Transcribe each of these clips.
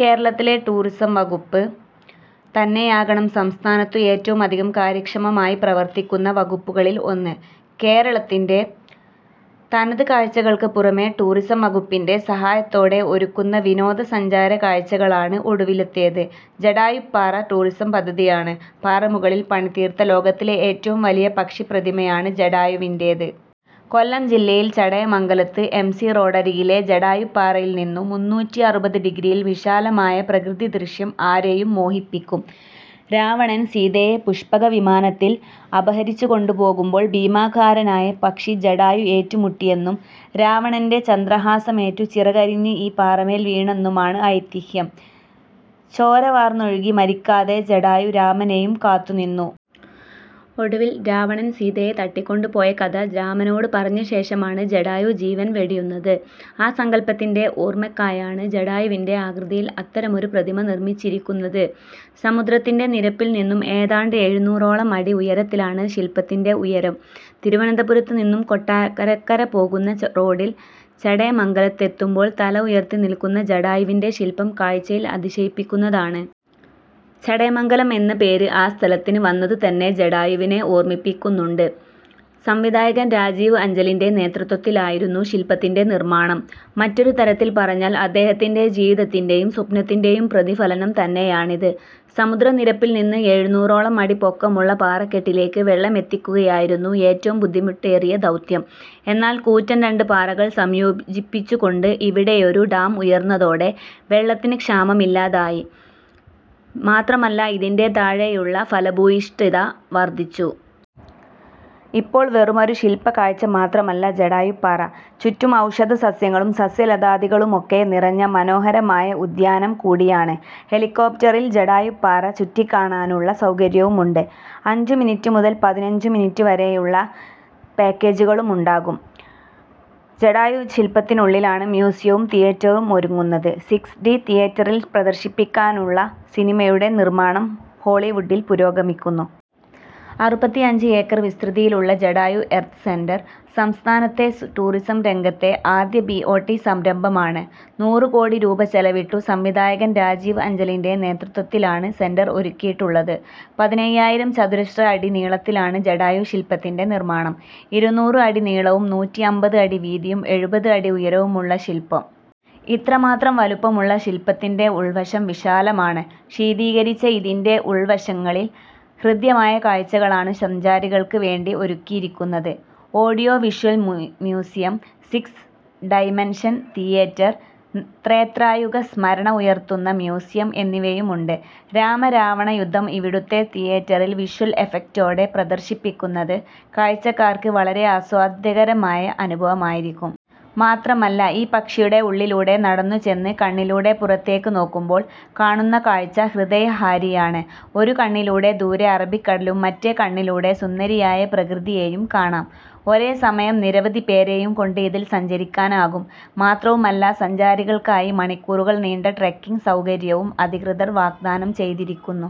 കേരളത്തിലെ ടൂറിസം വകുപ്പ് തന്നെയാകണം സംസ്ഥാനത്തു ഏറ്റവുമധികം കാര്യക്ഷമമായി പ്രവർത്തിക്കുന്ന വകുപ്പുകളിൽ ഒന്ന്. കേരളത്തിന്റെ തനത് കാഴ്ചകൾക്ക് പുറമെ ടൂറിസം വകുപ്പിന്റെ സഹായത്തോടെ ഒരുക്കുന്ന വിനോദ സഞ്ചാര കാഴ്ചകളിൽ ഒടുവിലത്തേത് ജടായുപ്പാറ ടൂറിസം പദ്ധതിയാണ്. പാറമുകളിൽ പണി തീർത്ത ലോകത്തിലെ ഏറ്റവും വലിയ പക്ഷി പ്രതിമയാണ് ജടായുവിന്റേത്. കൊല്ലം ജില്ലയിൽ ചടയമംഗലത്ത് എംസി റോഡരികിലെ ജടായുപ്പാറയിൽനിന്നു മുന്നൂറ്റിഅറുപത് ഡിഗ്രിയിൽ വിശാലമായ പ്രകൃതിദൃശ്യം ആരെയും മോഹിപ്പിക്കും. രാവണൻ സീതയെ പുഷ്പക വിമാനത്തിൽ അപഹരിച്ചു കൊണ്ടുപോകുമ്പോൾ ഭീമാകാരനായ പക്ഷി ജടായു ഏറ്റുമുട്ടിയെന്നും രാവണന്റെ ചന്ദ്രഹാസമേറ്റു ചിറകരിഞ്ഞ് ഈ പാറമേൽ വീണെന്നുമാണ് ഐതിഹ്യം. ചോര വാർന്നൊഴുകി മരിക്കാതെ ജടായു രാമനെയും കാത്തു നിന്നു. ഒടുവിൽ രാവണൻ സീതയെ തട്ടിക്കൊണ്ടു പോയ കഥ രാമനോട് പറഞ്ഞ ശേഷമാണ് ജടായു ജീവൻ വെടിയുന്നത്. ആ സങ്കൽപ്പത്തിന്റെ ഓർമയ്ക്കായാണ് ജടായുവിന്റെ ആകൃതിയിൽ അത്തരമൊരു പ്രതിമ നിർമിച്ചിരിക്കുന്നത്. സമുദ്രത്തിന്റെ നിരപ്പിൽ നിന്നും ഏതാണ്ട് എഴുന്നൂറോളം അടി ഉയരത്തിലാണ് ശിൽപ്പത്തിന്റെ ഉയരം. തിരുവനന്തപുരത്ത് നിന്നും കൊട്ടാരക്കര പോകുന്ന റോഡിൽ ചടയമംഗലത്തെത്തുമ്പോൾ തല ഉയർത്തി നിൽക്കുന്ന ജടായുവിന്റെ ശിൽപം കാഴ്ചയിൽ അതിശയിപ്പിക്കുന്നതാണ്! ചടയമംഗലം എന്ന പേര് ആ സ്ഥലത്തിന് വന്നത് തന്നെ ജടായുവിനെ ഓർമിപ്പിക്കുന്നുണ്ട്. സംവിധായകൻ രാജീവ് അഞ്ചലിന്റെ നേതൃത്വത്തിലായിരുന്നു ശിൽപ്പത്തിന്റെ നിർമ്മാണം. മറ്റൊരു തരത്തിൽ പറഞ്ഞാൽ അദ്ദേഹത്തിന്റെ ജീവിതത്തിന്റെയും സ്വപ്നത്തിന്റെയും പ്രതിഫലനം തന്നെയാണിത്. സമുദ്രനിരപ്പിൽ നിന്ന് എഴുന്നൂറോളം അടി പൊക്കമുള്ള പാറക്കെട്ടിലേക്ക് വെള്ളമെത്തിക്കുകയായിരുന്നു ഏറ്റവും ബുദ്ധിമുട്ടേറിയ ദൗത്യം, എന്നാൽ കൂറ്റൻ രണ്ട് പാറകൾ സംയോജിപ്പിച്ചു കൊണ്ട് ഇവിടെയൊരു ഡാം ഉയർന്നതോടെ വെള്ളത്തിന് ക്ഷാമമില്ലാതെയായി, മാത്രമല്ല ഇതിന്റെ താഴെയുള്ള ഫലഭൂയിഷ്ഠത വർദ്ധിച്ചു. ഇപ്പോൾ വെറുമൊരു ശിൽപ കാഴ്ച മാത്രമല്ല ജടായുപ്പാറ, ചുറ്റും ഔഷധ സസ്യങ്ങളും സസ്യലതാദികളുമൊക്കെ നിറഞ്ഞ മനോഹരമായ ഉദ്യാനം കൂടിയാണ്. ഹെലികോപ്റ്ററിൽ ജടായുപ്പാറ ചുറ്റിക്കാണാനുള്ള സൗകര്യവുമുണ്ട്. അഞ്ചു മിനിറ്റ് മുതൽ പതിനഞ്ചു മിനിറ്റ് വരെയുളള പാക്കേജുകളുണ്ടാകും. ജടായു ശിൽപത്തിനുള്ളിലാണ് മ്യൂസിയവും തിയറ്ററുമൊരുങ്ങുന്നത്. സിക്സ് ഡി തിയറ്ററിൽ പ്രദർശിപ്പിക്കാനുള്ള സിനിമയുടെ നിർമാണം ഹോളിവുഡിൽ പുരോഗമിക്കുന്നു. അറുപത്തിഅഞ്ചു ഏക്കർ വിസ്തൃതിയിലുള്ള ജടായു എർത്സ് സെന്റർ സംസ്ഥാനത്തെ ടൂറിസം രംഗത്തെ ആദ്യ ബിഒടി സംരംഭമാണ്. നൂറ് കോടി രൂപ ചെലവിട്ടു സംവിധായകൻ രാജീവ് അഞ്ചലിന്റെ നേതൃത്വത്തിലാണു സെന്റർ ഒരുക്കിയിട്ടുള്ളത്. പതിനയ്യായിരം ചതുരശ്ര അടി നീളത്തിലാണ് ജടായു ശിൽപ്പത്തിന്റെ നിർമ്മാണം. ഇരുനൂറ് അടി നീളവും നൂറ്റിഅമ്പത് അടി വീതിയും എഴുപത് അടി ഉയരവുമുള്ള ശിൽപ്പം. ഇത്രമാത്രം വലുപ്പമുള്ള ശിൽപ്പത്തിന്റെ ഉൾവശം വിശാലമാണ്. ശീതീകരിച്ച ഇതിന്റെ ഉൾവശങ്ങളിൽ ഹൃദ്യമായ കാഴ്ചകളാണ് സഞ്ചാരികൾക്കു വേണ്ടി ഒരുക്കിയിരിക്കുന്നത്. Audiovisual museum, six dimension theatre, ത്രേതായുഗ സ്മരണ ഉയർത്തുന്ന മ്യൂസിയം എന്നിവയുമുണ്ട്. രാമ-രാവണ യുദ്ധം ഇവിടുത്തെ തീയേറ്ററിൽ വിഷ്വൽ എഫക്ടോടെ പ്രദർശിപ്പിക്കുന്നത് കാഴ്ചക്കാർക്ക് വളരെ ആസ്വാദ്യകരമായ അനുഭവമായിരിക്കും. മാത്രമല്ല ഈ പക്ഷിയുടെ ഉള്ളിലൂടെ നടന്നു ചെന്ന് കണ്ണിലൂടെ പുറത്തേക്ക് നോക്കുമ്പോൾ കാണുന്ന കാഴ്ച ഹൃദയഹാരിയാണ്. ഒരു കണ്ണിലൂടെ ദൂരെ അറബിക്കടലും മറ്റേ കണ്ണിലൂടെ സുന്ദരിയായ പ്രകൃതിയെയും കാണാം. ഒരേ സമയം നിരവധി പേരെയും കൊണ്ട് ഇതിൽ സഞ്ചരിക്കാനാകും. മാത്രവുമല്ല സഞ്ചാരികൾക്കായി മണിക്കൂറുകൾ നീണ്ട ട്രെക്കിങ്ങ് സൗകര്യവും അധികൃതർ വാഗ്ദാനം ചെയ്തിരിക്കുന്നു.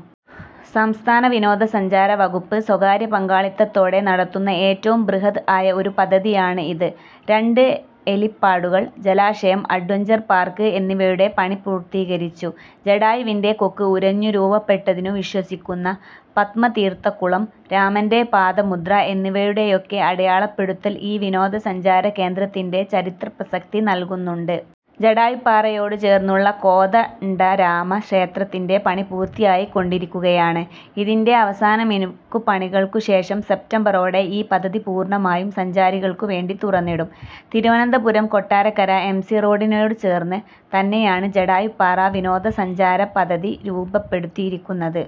സംസ്ഥാന വിനോദ സഞ്ചാര വകുപ്പ് സ്വകാര്യ പങ്കാളിത്തത്തോടെ നടത്തുന്ന ഏറ്റവും ബൃഹദ് ആയ ഒരു പദ്ധതിയാണ് ഇത്. രണ്ട് ഹെലിപാഡുകൾ, ജലാശയം, അഡ്വഞ്ചർ പാർക്ക്, എന്നിവയുടെ പണി പൂർത്തീകരിച്ചു. ജടായുവിന്റെ കൊക്ക് ഉരഞ്ഞു രൂപപ്പെട്ടതിനു വിശ്വസിക്കുന്ന പദ്മതീർത്ഥക്കുളം, രാമന്റെ പാദമുദ്ര എന്നിവയുടെയൊക്കെ അടയാളപ്പെടുത്തൽ ഈ വിനോദ സഞ്ചാര കേന്ദ്രത്തിന്റെ ചരിത്ര പ്രസക്തി നൽകുന്നുണ്ട്. ജടായുപ്പാറയോടു ചേർന്നുള്ള കോദണ്ഡരാമ ക്ഷേത്രത്തിന്റെ പണി പൂർത്തിയായിക്കൊണ്ടിരിക്കുകയാണ്. ഇതിന്റെ അവസാന മിനുക്കുപണികൾക്കു ശേഷം സെപ്റ്റംബറോടെ ഈ പദ്ധതി പൂർണമായും സഞ്ചാരികൾക്കു വേണ്ടി തുറന്നിടും. തിരുവനന്തപുരം–കൊട്ടാരക്കര എം സി റോഡിനോട് ചേർന്ന് തന്നെയാണ് ജടായുപ്പാറ വിനോദ സഞ്ചാര പദ്ധതി രൂപപ്പെടുത്തിയിരിക്കുന്നത്.